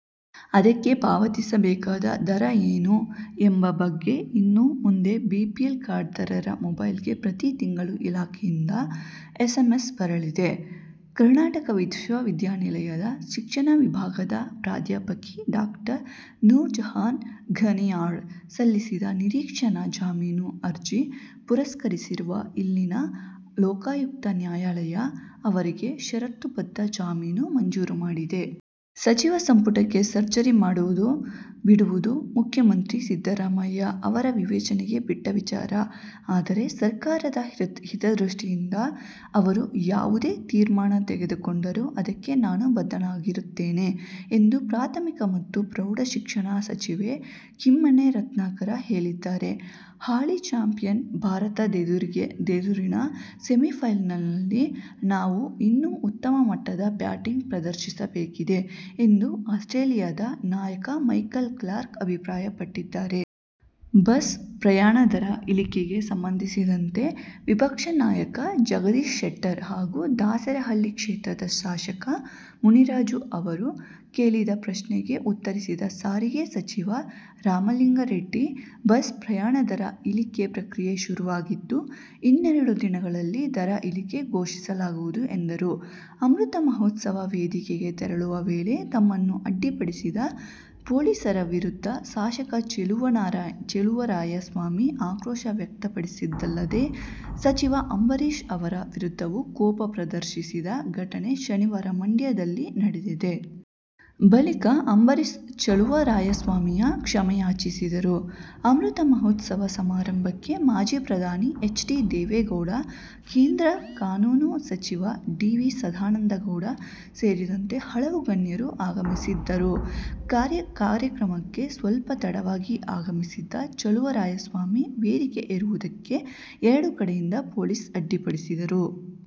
ಅದಕ್ಕೆ ಪಾವತಿಸಬೇಕಾದ ದರ ಏನು ಎಂಬ ಬಗ್ಗೆ ಇನ್ನು ಮುಂದೆ ಬಿಪಿಎಲ್ ಕಾರ್ಡ್ದಾರರ ಮೊಬೈಲ್ಗೆ ಪ್ರತಿ ತಿಂಗಳು ಇಲಾಖೆಯಿಂದ ಎಸ್ಎಂಎಸ್ ಬರಲಿದೆ. ಕರ್ನಾಟಕ ವಿಶ್ವವಿದ್ಯಾಲಯದ ಶಿಕ್ಷಣ ವಿಭಾಗದ ಪ್ರಾಧ್ಯಾಪಕಿ ಡಾ ನೂರಜಹಾನ್ ಘನಿಯಾರ್ ಸಲ್ಲಿಸಿದ್ದ ನಿರೀಕ್ಷಣಾ ಜಾಮೀನು ಅರ್ಜಿ ಪುರಸ್ಕರಿಸಿರುವ ಇಲ್ಲಿನ ಲೋಕಾಯುಕ್ತ ನ್ಯಾಯಾಲಯ ಅವರಿಗೆ ಷರತ್ತುಬದ್ಧ ಜಾಮೀನು ಮಂಜೂರು ಮಾಡಿದೆ. ಸಚಿವ ಸಂಪುಟಕ್ಕೆ ಸರ್ಜರಿ ಮಾಡುವುದು ಬಿಡುವುದು ಮುಖ್ಯಮಂತ್ರಿ ಸಿದ್ದರಾಮಯ್ಯ ಅವರ ವಿವೇಚನೆಗೆ ಬಿಟ್ಟ ವಿಚಾರ. ಆದರೆ, ಸರ್ಕಾರದ ಹಿತದೃಷ್ಟಿಯಿಂದ ಅವರು ಯಾವುದೇ ತೀರ್ಮಾನ ತೆಗೆದುಕೊಂಡರೂ ಅದಕ್ಕೆ ನಾನು ಬದ್ಧನಾಗಿರುತ್ತೇನೆ ಎಂದು ಪ್ರಾಥಮಿಕ ಮತ್ತು ಪ್ರೌಢ ಶಿಕ್ಷಣ ಸಚಿವ ಕಿಮ್ಮನೆ ರತ್ನಾಕರ ಹೇಳಿದ್ದಾರೆ. ಹಾಲಿ ಚಾಂಪಿಯನ್ ಭಾರತದೆದುರಿನ ಸೆಮಿಫೈನಲ್ನಲ್ಲಿ ನಾವು ಇನ್ನೂ ಉತ್ತಮ ಮಟ್ಟದ ಬ್ಯಾಟಿಂಗ್ ಪ್ರದರ್ಶಿಸಬೇಕಿದೆ ಎಂದು ಆಸ್ಟ್ರೇಲಿಯದ ನಾಯಕ ಮೈಕಲ್ ಕ್ಲಾರ್ಕ್ ಅಭಿಪ್ರಾಯಪಟ್ಟಿದ್ದಾರೆ. ಬಸ್ ಪ್ರಯಾಣದರ ಇಳಿಕೆಗೆ ಸಂಬಂಧಿಸಿದಂತೆ ವಿಪಕ್ಷ ನಾಯಕ ಜಗದೀಶ್ ಶೆಟ್ಟರ್ ಹಾಗೂ ದಾಸರಹಳ್ಳಿ ಕ್ಷೇತ್ರದ ಶಾಸಕ ಮುನಿರಾಜು ಅವರು ಕೇಳಿದ ಪ್ರಶ್ನೆಗೆ ಉತ್ತರಿಸಿದ ಸಾರಿಗೆ ಸಚಿವ ರಾಮಲಿಂಗಾರೆಡ್ಡಿ, ಬಸ್ ಪ್ರಯಾಣದರ ಇಳಿಗೆ ಪ್ರಕ್ರಿಯೆ ಶುರುವಾಗಿದ್ದು, ಇನ್ನೆರಡು ದಿನಗಳಲ್ಲಿ ದರ ಇಳಿಕೆ ಘೋಷಿಸಲಾಗುವುದು ಎಂದರು. ಅಮೃತ ಮಹೋತ್ಸವ ವೇದಿಕೆಗೆ ತೆರಳುವ ವೇಳೆ ತಮ್ಮನ್ನು ಅಡ್ಡಿಪಡಿಸಿದ ಪೊಲೀಸರ ವಿರುದ್ಧ ಶಾಸಕ ಚಲುವರಾಯಸ್ವಾಮಿ ಆಕ್ರೋಶ ವ್ಯಕ್ತಪಡಿಸಿದ್ದಲ್ಲದೆ, ಸಚಿವ ಅಂಬರೀಶ್ ಅವರ ವಿರುದ್ಧವೂ ಕೋಪ ಪ್ರದರ್ಶಿಸಿದ ಘಟನೆ ಶನಿವಾರ ಮಂಡ್ಯದಲ್ಲಿ ನಡೆದಿದೆ. ಬಳಿಕ, ಅಂಬರೀಶ್ ಚಲುವರಾಯಸ್ವಾಮಿಯ ಕ್ಷಮೆಯಾಚಿಸಿದರು. ಅಮೃತ ಮಹೋತ್ಸವ ಸಮಾರಂಭಕ್ಕೆ ಮಾಜಿ ಪ್ರಧಾನಿ ಎಚ್. ಡಿ. ದೇವೇಗೌಡ, ಕೇಂದ್ರ ಕಾನೂನು ಸಚಿವ ಡಿ. ವಿ. ಸದಾನಂದಗೌಡ ಸೇರಿದಂತೆ ಹಲವು ಗಣ್ಯರು ಆಗಮಿಸಿದ್ದರು. ಕಾರ್ಯಕ್ರಮಕ್ಕೆ ಸ್ವಲ್ಪ ತಡವಾಗಿ ಆಗಮಿಸಿದ ಚಲುವರಾಯಸ್ವಾಮಿ ವೇದಿಕೆ ಏರುವುದಕ್ಕೆ ಎರಡೂ ಕಡೆಯಿಂದ ಪೊಲೀಸರು ಅಡ್ಡಿಪಡಿಸಿದರು.